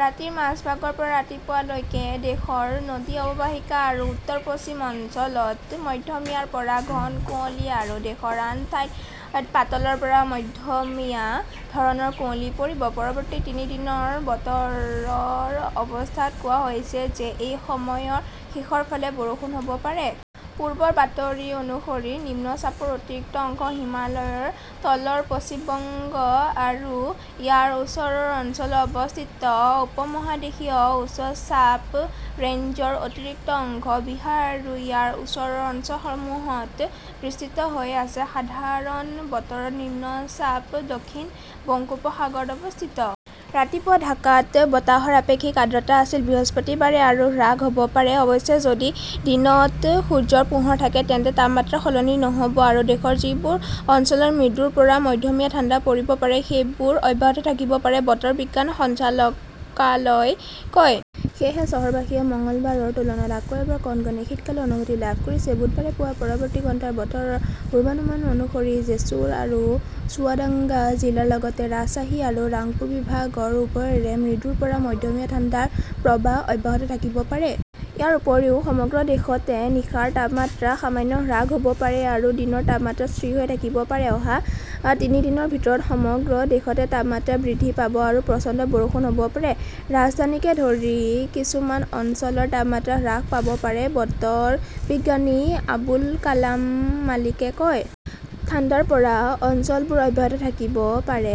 ৰাতিৰ মাজভাগৰ পৰা ৰাতিপুৱা লৈকে দেশৰ নদী অৱবাহিকা আৰু উত্তৰ-পশ্চিম অঞ্চলত মধ্যমীয়াৰ পৰা ঘন কুঁৱলী আৰু দেশৰ আন ঠাইত পাতলৰ পৰা মধ্যমীয়া ধৰণৰ কুঁৱলী পৰিব পাৰে। পৰৱৰ্তী তিনি দিনৰ বতৰৰ অৱস্থাত কোৱা হৈছে যে, এই সময়ৰ শেষৰ ফালে বৰষুণ হ'ব পাৰে। পূৰ্বৰ বাতৰি অনুসৰি, নিম্নচাপৰ অতিৰিক্ত অংশ হিমালয়ৰ তলৰ পশ্চিম বংগ আৰু ইয়াৰ ওচৰৰ অঞ্চলত অৱস্থিত। উপ-মহাদেশীয় উচ্চ চাপ ৰেঞ্জৰ অতিৰিক্ত অংশ বিহাৰ আৰু ইয়াৰ ওচৰৰ অঞ্চলসমূহত বিস্তৃত হৈ আছে। সাধাৰণ বতৰৰ নিম্নচাপ দক্ষিণ বংগোপসাগৰত অৱস্থিত। ৰাতিপুৱা ঢাকাত বতাহৰ আপেক্ষিক আৰ্দ্ৰতা আছিল। বৃহস্পতিবাৰে আৰু হ্ৰাস হ'ব পাৰে। অৱশ্যে, যদি দিনত সূৰ্যৰ পোহৰ থাকে তেন্তে তাপমাত্ৰা সলনি নহ'ব। আৰু দেশৰ যিবোৰ অঞ্চলত মৃদুৰ পৰা মধ্যমীয়া ঠাণ্ডা পৰিব পাৰে সেইবোৰ অব্যাহত থাকিব পাৰে, বতৰ বিজ্ঞান সঞ্চালকালয়ই কয়। সেয়েহে চহৰবাসীয়ে মঙলবাৰৰ তুলনাত আকৌ এবাৰ কনকনে শীতকালৰ অনুভূতি লাভ কৰিছে। বুধবাৰে পুৱাৰ পৰৱৰ্তী ঘণ্টাৰ বতৰৰ পূৰ্বানুমান অনুসৰি, জেছুৰ আৰু চুৱাদাঙ্গা জিলাৰ লগতে ৰাজশ্বাহী আৰু ৰাংপুৰ বিভাগৰ ওপৰেৰে মৃদুৰ পৰা মধ্যমীয়া ঠাণ্ডাৰ প্ৰৱাহ অব্যাহত থাকিব পাৰে। ইয়াৰ উপৰিও সমগ্ৰ দেশতে নিশাৰ তাপমাত্ৰা সামান্য হ্ৰাস হ'ব পাৰে আৰু দিনৰ তাপমাত্ৰা স্থিৰ হৈ থাকিব পাৰে। অহা তিনি দিনৰ ভিতৰত সমগ্ৰ দেশতে তাপমাত্ৰা বৃদ্ধি পাব আৰু প্ৰচণ্ড বৰষুণ হ'ব পাৰে। "ৰাজধানীকে ধৰি কিছুমান অঞ্চলৰ তাপমাত্ৰা হ্ৰাস পাব পাৰে", বতৰ বিজ্ঞানী আবুল কালাম মালিকে কয়। ঠাণ্ডা পৰা অঞ্চলবোৰ অব্যাহত থাকিব পাৰে।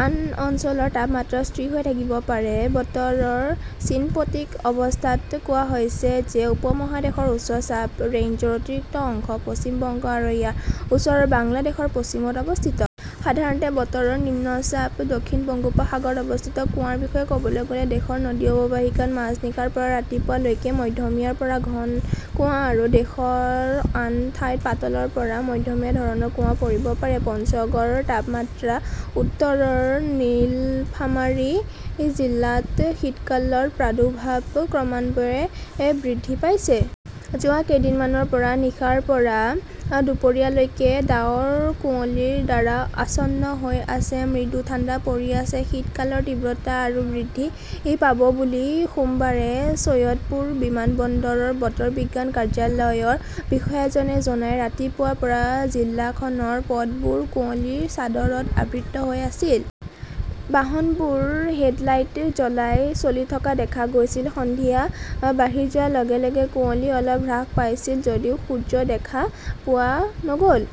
আন অঞ্চলৰ তাপমাত্ৰা স্থিৰ হৈ থাকিব পাৰে। বতৰৰ চিনপটিক অৱস্থাত কোৱা হৈছে যে উপমহাদেশৰ উচ্চ চাপ ৰেঞ্জৰ অতিৰিক্ত অংশ পশ্চিম বংগ আৰু ইয়াৰ ওচৰৰ বাংলাদেশৰ পশ্চিমত অৱস্থিত। সাধাৰণ বতৰৰ নিম্নচাপ দক্ষিণ বংগোপসাগৰত অৱস্থিত। কুৱাৰ বিষয়ে ক'বলৈ গ'লে, দেশৰ নদী অৱবাহিকাত মাজনিশাৰ পৰা ৰাতিপুৱা লৈকে মধ্যমীয়াৰ পৰা ঘন কুৱা আৰু দেশৰ আন ঠাইত পাতলৰ পৰা মধ্যমীয়া ধৰণৰ কুৱা পৰিব পাৰে। পঞ্চগড়ৰ তাপমাত্ৰা উত্তৰৰ নীলফামাৰী জিলাত শীতকালৰ প্ৰাদুৰ্ভাৱ ক্ৰমান্বয়ে বৃদ্ধি পাইছে। যোৱা কেইদিনমানৰ পৰা নিশাৰ পৰা দুপৰীয়া লৈকে ডাঠ কুঁৱলীৰ দ্বাৰা আচ্ছন্ন হৈ আছে, মৃদু ঠাণ্ডা পৰি আছে। শীতকালৰ তীব্ৰতা আৰু বৃদ্ধি পাব বুলি সোমবাৰে চৈয়দপুৰ বিমানবন্দৰৰ বতৰ বিজ্ঞান কাৰ্যালয়ৰ বিষয়াজনে জনায়। ৰাতিপুৱাৰ পৰা জিলাখনৰ পথবোৰ কুঁৱলীৰ চাদৰত আবৃত হৈ আছিল। বাহনবোৰ হেডলাইট জ্বলাই চলি থকা দেখা গৈছিল। সন্ধিয়া বাঢ়ি যোৱাৰ লগে লগে কুঁৱলী অলপ হ্ৰাস পাইছিল যদিও সূৰ্য দেখা পোৱা নগ'ল।